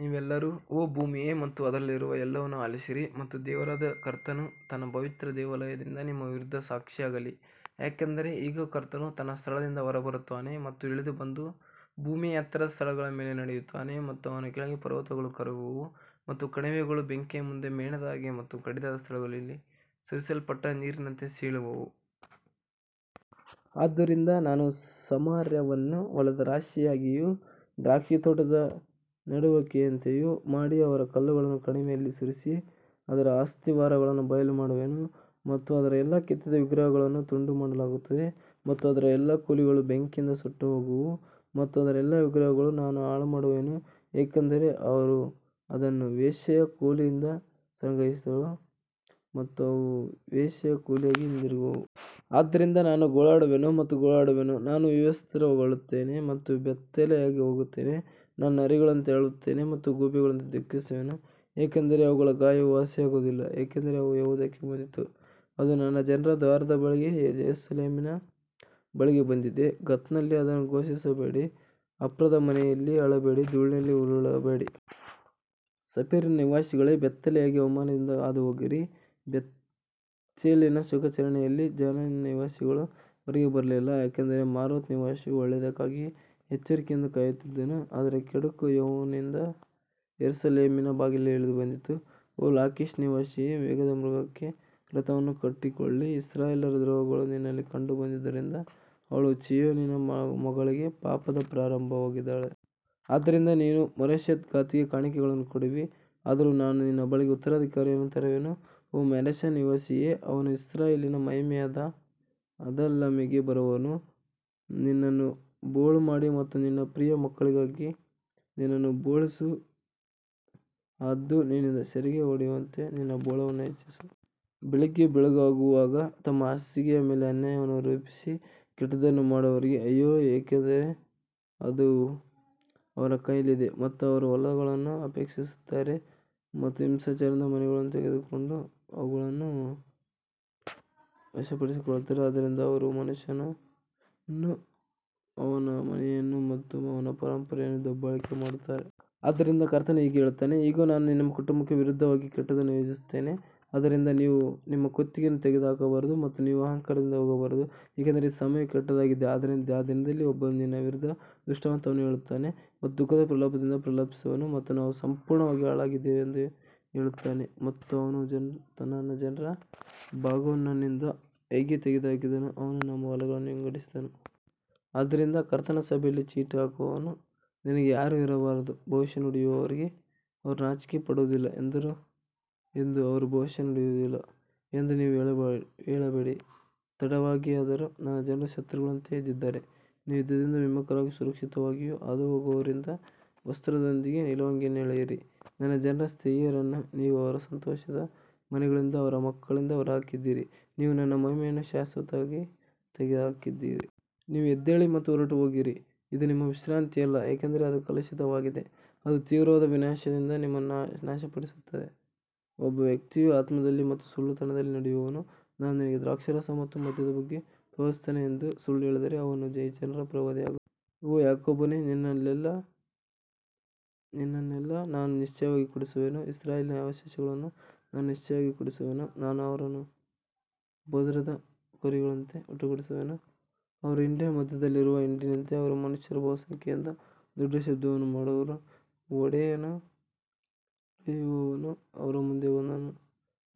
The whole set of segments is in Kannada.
ನೀವೆಲ್ಲರೂ ಓ ಭೂಮಿಯೇ ಮತ್ತು ಅದರಲ್ಲಿರುವ ಎಲ್ಲವನ್ನೂ ಆಲಿಸಿರಿ ಮತ್ತು ದೇವರಾದ ಕರ್ತನು ತನ್ನ ಪವಿತ್ರ ದೇವಾಲಯದಿಂದ ನಿಮ್ಮ ವಿರುದ್ಧ ಸಾಕ್ಷಿಯಾಗಲಿ ಯಾಕಂದರೆ ಇಗೋ, ಕರ್ತನು ತನ್ನ ಸ್ಥಳದಿಂದ ಹೊರಬರುತ್ತಾನೆ ಮತ್ತು ಇಳಿದು ಬಂದು ಭೂಮಿಯ ಎತ್ತರದ ಸ್ಥಳಗಳ ಮೇಲೆ ನಡೆಯುತ್ತಾನೆ ಮತ್ತು ಅವನ ಕೆಳಗೆ ಪರ್ವತಗಳು ಕರಗುವವು ಮತ್ತು ಕಣಿವೆಗಳು ಬೆಂಕಿಯ ಮುಂದೆ ಮೇಣದ ಹಾಗೆ ಮತ್ತು ಕಡಿದಾದ ಸ್ಥಳದಲ್ಲಿ ಸುರಿಸಲ್ಪಟ್ಟ ನೀರಿನಂತೆ ಸೀಳುವವು. ಆದದರಿಂದ ನಾನು ಸಮಾರ್ಯವನ್ನು ಹೊಲದ ರಾಶಿಯಾಗಿಯೂ ದ್ರಾಕ್ಷಿತೋಟದ ನೆಡುವಿಕೆಯಂತೆಯೂ ಮಾಡಿ ಅದರ ಕಲ್ಲುಗಳನ್ನು ಕಣಿವೆಯಲ್ಲಿ ಸುರಿಸಿ ಅದರ ಅಸ್ತಿವಾರಗಳನ್ನು ಬಯಲುಮಾಡುವೆನು. ಮತ್ತು ಅದರ ಎಲ್ಲಾ ಕೆತ್ತಿದ ವಿಗ್ರಹಗಳನ್ನು ತುಂಡುಮಾಡಲಾಗುತ್ತದೆ ಮತ್ತು ಅದರ ಎಲ್ಲಾ ಕೂಲಿಗಳು ಬೆಂಕಿಯಿಂದ ಸುಟ್ಟುಹೋಗುವವು ಮತ್ತು ಅದರ ಎಲ್ಲಾ ವಿಗ್ರಹಗಳನ್ನು ನಾನು ಹಾಳುಮಾಡುವೆನು ಏಕೆಂದರೆ ಅವಳು ಅದನ್ನು ವೇಶ್ಯೆಯ ಕೂಲಿಯಿಂದ ಸಂಗ್ರಹಿಸಿದಳು ಮತ್ತು ಅವು ವೇಶ್ಯೆಯ ಕೂಲಿಯಾಗಿ ಹಿಂದಿರುಗುವವು. ಆದದರಿಂದ ನಾನು ಗೋಳಾಡುವೆನು ಮತ್ತು ಗೋಳಾಡುವೆನು, ನಾನು ವಿವಸ್ತ್ರಗೊಳ್ಳುತ್ತೇನೆ ಮತ್ತು ಬೆತ್ತಲೆಯಾಗಿ ಹೋಗುತ್ತೇನೆ, ನಾನು ನರಿಗಳಂತೆ ಅಳುತ್ತೇನೆ ಮತ್ತು ಗೂಬೆಗಳಂತೆ ದುಃಖಿಸುವೆನು, ಯಾಕಂದರೆ ಅವಳ ಗಾಯವು ವಾಸಿಯಾಗುವುದಿಲ್ಲ, ಏಕೆಂದರೆ ಅದು ಯೆಹೂದಕ್ಕೆ ಬಂದಿತು, ಅದು ನನ್ನ ಜನರ ದ್ವಾರದ ಬಳಿಗೆ, ಯೆರೂಸಲೇಮಿನ ಬಳಿಗೆ ಬಂದಿದೆ. ಗತ್ನಲ್ಲಿ ಅದನ್ನು ಘೋಷಿಸಬೇಡಿ, ಅಫ್ರದ ಮನೆಯಲ್ಲಿ ಅಳಬೇಡಿ, ಧೂಳಿನಲ್ಲಿ ಉರುಳಬೇಡಿ. ಸಫೀರಿನ ನಿವಾಸಿಗಳೇ, ಬೆತ್ತಲೆಯಾಗಿ ಅವಮಾನದಿಂದ ಹಾದುಹೋಗಿರಿ, ಬೆತ್ತೇಜಲಿನ ಶೋಕಾಚರಣೆಯಲ್ಲಿ ಜಾನಾನಿನ ನಿವಾಸಿಗಳು ಹೊರಗೆ ಬರಲಿಲ್ಲ. ಯಾಕಂದರೆ ಮಾರೋತ್ ನಿವಾಸಿಯು ಒಳ್ಳೆಯದಕ್ಕಾಗಿ ಎಚ್ಚರಿಕೆಯಿಂದ ಕಾಯುತ್ತಿದ್ದನು, ಆದರೆ ಕೆಡುಕು ಯೆಹೋವನಿಂದ ಯೆರೂಸಲೇಮಿನ ಬಾಗಿಲಿಗೆ ಇಳಿದು ಬಂದಿತು. ಓ ಲಾಕಿಷ್ ನಿವಾಸಿಯೇ, ವೇಗದ ಮೃಗಕ್ಕೆ ರಥವನ್ನು ಕಟ್ಟಿಕೊಳ್ಳಿ, ಇಸ್ರಾಯೇಲ್ಯರ ದ್ರೋಹಗಳು ನಿನ್ನಲ್ಲಿ ಕಂಡುಬಂದಿದ್ದರಿಂದ ಅವಳು ಚೀಯೋನಿನ ಮಗಳಿಗೆ ಪಾಪದ ಪ್ರಾರಂಭವಾಗಿದ್ದಾಳೆ. ಆದದರಿಂದ ನೀನು ಮೋರೆಶೆತ್ ಗಾತಿಗೆ ಕಾಣಿಕೆಗಳನ್ನು ಕೊಡುವಿ, ಆದರೂ ನಾನು ನಿನ್ನ ಬಳಿಗೆ ಉತ್ತರಾಧಿಕಾರಿಯನ್ನು ತರುವೆನು, ಓ ಮಾರೇಷಾ ನಿವಾಸಿಯೇ, ಅವನು ಇಸ್ರಾಯೇಲಿನ ಮಹಿಮೆಯಾದ ಅದುಲ್ಲಾಮಿಗೆ ಬರುವನು. ನಿನ್ನನ್ನು ಬೋಳುಮಾಡಿ ಮತ್ತು ನಿನ್ನ ಪ್ರಿಯ ಮಕ್ಕಳಿಗಾಗಿ ನಿನ್ನನ್ನು ಬೋಳಿಸು, ಹದ್ದು ನಿನ್ನಿಂದ ಸೆರೆಗೆ ಹೋದಂತೆ ನಿನ್ನ ಬೋಳನ್ನು ಹೆಚ್ಚಿಸು. ಬೆಳಿಗ್ಗೆ ಬೆಳಗಾಗುವಾಗ ತಮ್ಮ ಹಾಸಿಗೆಯ ಮೇಲೆ ಅನ್ಯಾಯವನ್ನು ರೂಪಿಸಿ ಕೆಟ್ಟದ್ದನ್ನು ಮಾಡುವವರಿಗೆ ಅಯ್ಯೋ, ಏಕೆಂದರೆ ಅದು ಅವರ ಕೈಯಲ್ಲಿದೆ. ಮತ್ತು ಅವರು ಹೊಲಗಳನ್ನು ಅಪೇಕ್ಷಿಸುತ್ತಾರೆ ಮತ್ತು ಹಿಂಸಾಚಾರದಿಂದ ಮನೆಗಳನ್ನು ತೆಗೆದುಕೊಂಡು ಅವುಗಳನ್ನು ವಶಪಡಿಸಿಕೊಳ್ಳುತ್ತಾರೆ, ಆದ್ದರಿಂದ ಅವರು ಮನುಷ್ಯನನ್ನೂ ಅವನ ಮನೆಯನ್ನು ಮತ್ತು ಅವನ ಪರಂಪರೆಯನ್ನೂ ದಬ್ಬಾಳಿಕೆ ಮಾಡುತ್ತಾರೆ. ಆದದರಿಂದ ಕರ್ತನು ಹೀಗೆ ಹೇಳುತ್ತಾನೆ, ಇಗೋ, ನಾನು ಈ ಕುಟುಂಬಕ್ಕೆ ವಿರುದ್ಧವಾಗಿ ಕೆಟ್ಟದ್ದನ್ನು ಯೋಜಿಸುತ್ತೇನೆ, ಅದರಿಂದ ನೀವು ನಿಮ್ಮ ಕುತ್ತಿಗೆಯನ್ನು ತೆಗೆದುಹಾಕಬಾರದು ಮತ್ತು ನೀವು ಅಹಂಕಾರದಿಂದ ಹೋಗಬಾರದು, ಏಕೆಂದರೆ ಈ ಸಮಯವು ಕೆಟ್ಟದ್ದಾಗಿದೆ. ಆ ದಿನದಲ್ಲಿ ಒಬ್ಬನು ನಿನ್ನ ವಿರುದ್ಧ ದೃಷ್ಟಾಂತವನ್ನು ಹೇಳುತ್ತಾನೆ ಮತ್ತು ದುಃಖದ ಪ್ರಲಾಪದಿಂದ ಪ್ರಲಾಪಿಸುವನು ಮತ್ತು ನಾವು ಸಂಪೂರ್ಣವಾಗಿ ಹಾಳಾಗಿದ್ದೇವೆ ಎಂದು ಹೇಳುತ್ತಾನೆ ಮತ್ತು ಅವನು ನನ್ನ ಜನರ ಭಾಗವನ್ನು ನನ್ನಿಂದ ಹೇಗೆ ತೆಗೆದುಹಾಕಿದನು, ಅವನು ನಮ್ಮ ಹೊಲಗಳನ್ನು ವಿಂಗಡಿಸಿದನು. ಆದುದರಿಂದ ಕರ್ತನ ಸಭೆಯಲ್ಲಿ ಚೀಟು ಹಾಕುವವನು ನಿನಗೆ ಯಾರೂ ಇರಬಾರದು. ಭವಿಷ್ಯ ನುಡಿಯುವವರಿಗೆ ಅವರು ನಾಚಿಕೆಪಡುವುದಿಲ್ಲ ಎಂದು ಅವರು ಭವಿಷ್ಯ ನುಡಿಯುವುದಿಲ್ಲ ಎಂದು ನೀವು ಹೇಳಬೇಡಿ. ತಡವಾಗಿಯಾದರೂ ನನ್ನ ಜನರು ಶತ್ರುಗಳಂತೆ ಎದ್ದಿದ್ದಾರೆ, ನೀವು ಯುದ್ಧದಿಂದ ವಿಮುಖರಾಗಿ ಸುರಕ್ಷಿತವಾಗಿ ಹಾದುಹೋಗುವವರಿಂದ ವಸ್ತ್ರದೊಂದಿಗೆ ನಿಲುವಂಗಿಯನ್ನು ಎಳೆಯಿರಿ. ನನ್ನ ಜನರ ಸ್ತ್ರೀಯರನ್ನು ನೀವು ಅವರ ಸಂತೋಷದ ಮನೆಗಳಿಂದ, ಅವರ ಮಕ್ಕಳಿಂದ ಹೊರಹಾಕಿದ್ದೀರಿ, ನೀವು ನನ್ನ ಮಹಿಮೆಯನ್ನು ಶಾಶ್ವತವಾಗಿ ತೆಗೆದುಹಾಕಿದ್ದೀರಿ. ನೀವು ಎದ್ದೇಳಿ ಮತ್ತು ಹೊರಟುಹೋಗಿರಿ, ಇದು ನಿಮ್ಮ ವಿಶ್ರಾಂತಿಯಲ್ಲ, ಏಕೆಂದರೆ ಅದು ಕಲುಷಿತವಾಗಿದೆ, ಅದು ತೀವ್ರವಾದ ವಿನಾಶದಿಂದ ನಿಮ್ಮನ್ನು ನಾಶಪಡಿಸುತ್ತದೆ. ಒಬ್ಬ ವ್ಯಕ್ತಿಯು ಆತ್ಮದಲ್ಲಿ ಮತ್ತು ಸುಳ್ಳುತನದಲ್ಲಿ ನಡೆಯುವವನು, ನಾನು ನಿನಗೆ ದ್ರಾಕ್ಷಾರಸ ಮತ್ತು ಮದ್ಯದ ಬಗ್ಗೆ ಪ್ರವಾದಿಸುತ್ತೇನೆ ಎಂದು ಸುಳ್ಳು ಹೇಳಿದರೆ, ಅವನು ಈ ಜನರ ಪ್ರವಾದಿಯಾಗುತ್ತಾನೆ. ಓ ಯಾಕೋಬನೇ, ನಿನ್ನನ್ನೆಲ್ಲ ನಾನು ನಿಶ್ಚಯವಾಗಿ ಕೂಡಿಸುವೆನು, ಇಸ್ರಾಯೇಲಿನ ಅವಶೇಷಗಳನ್ನು ನಾನು ನಿಶ್ಚಯವಾಗಿ ಕೂಡಿಸುವೆನು, ನಾನು ಅವರನ್ನು ಬೊಜ್ರಾದ ಕುರಿಗಳಂತೆ ಒಟ್ಟುಗೂಡಿಸುವೆನು, ಅವರ ಹಿಂಡಿನ ಮಧ್ಯದಲ್ಲಿರುವ ಹಿಂಡಿನಂತೆ ಅವರು ಮನುಷ್ಯರ ಬಹುಸಂಖ್ಯೆಯಿಂದ ದೊಡ್ಡ ಶಬ್ದವನ್ನು ಮಾಡುವರು. ಒಡೆಯುವವನು ಅವರ ಮುಂದೆ ಬಂದನು,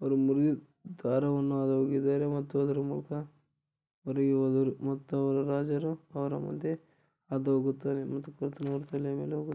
ಅವರು ಮುರಿದು ದ್ವಾರವನ್ನು ಹಾದು ಹೋಗಿದ್ದಾರೆ ಮತ್ತು ಅದರ ಮೂಲಕ ಹೊರಗೆ ಹೋದರು ಮತ್ತು ಅವರ ರಾಜನು ಅವರ ಮುಂದೆ ಹಾದು ಹೋಗುತ್ತಾನೆ ಮತ್ತು ಕರ್ತನು ಅವರ ತಲೆಯ ಮೇಲೆ ಹೋಗುತ್ತಾನೆ.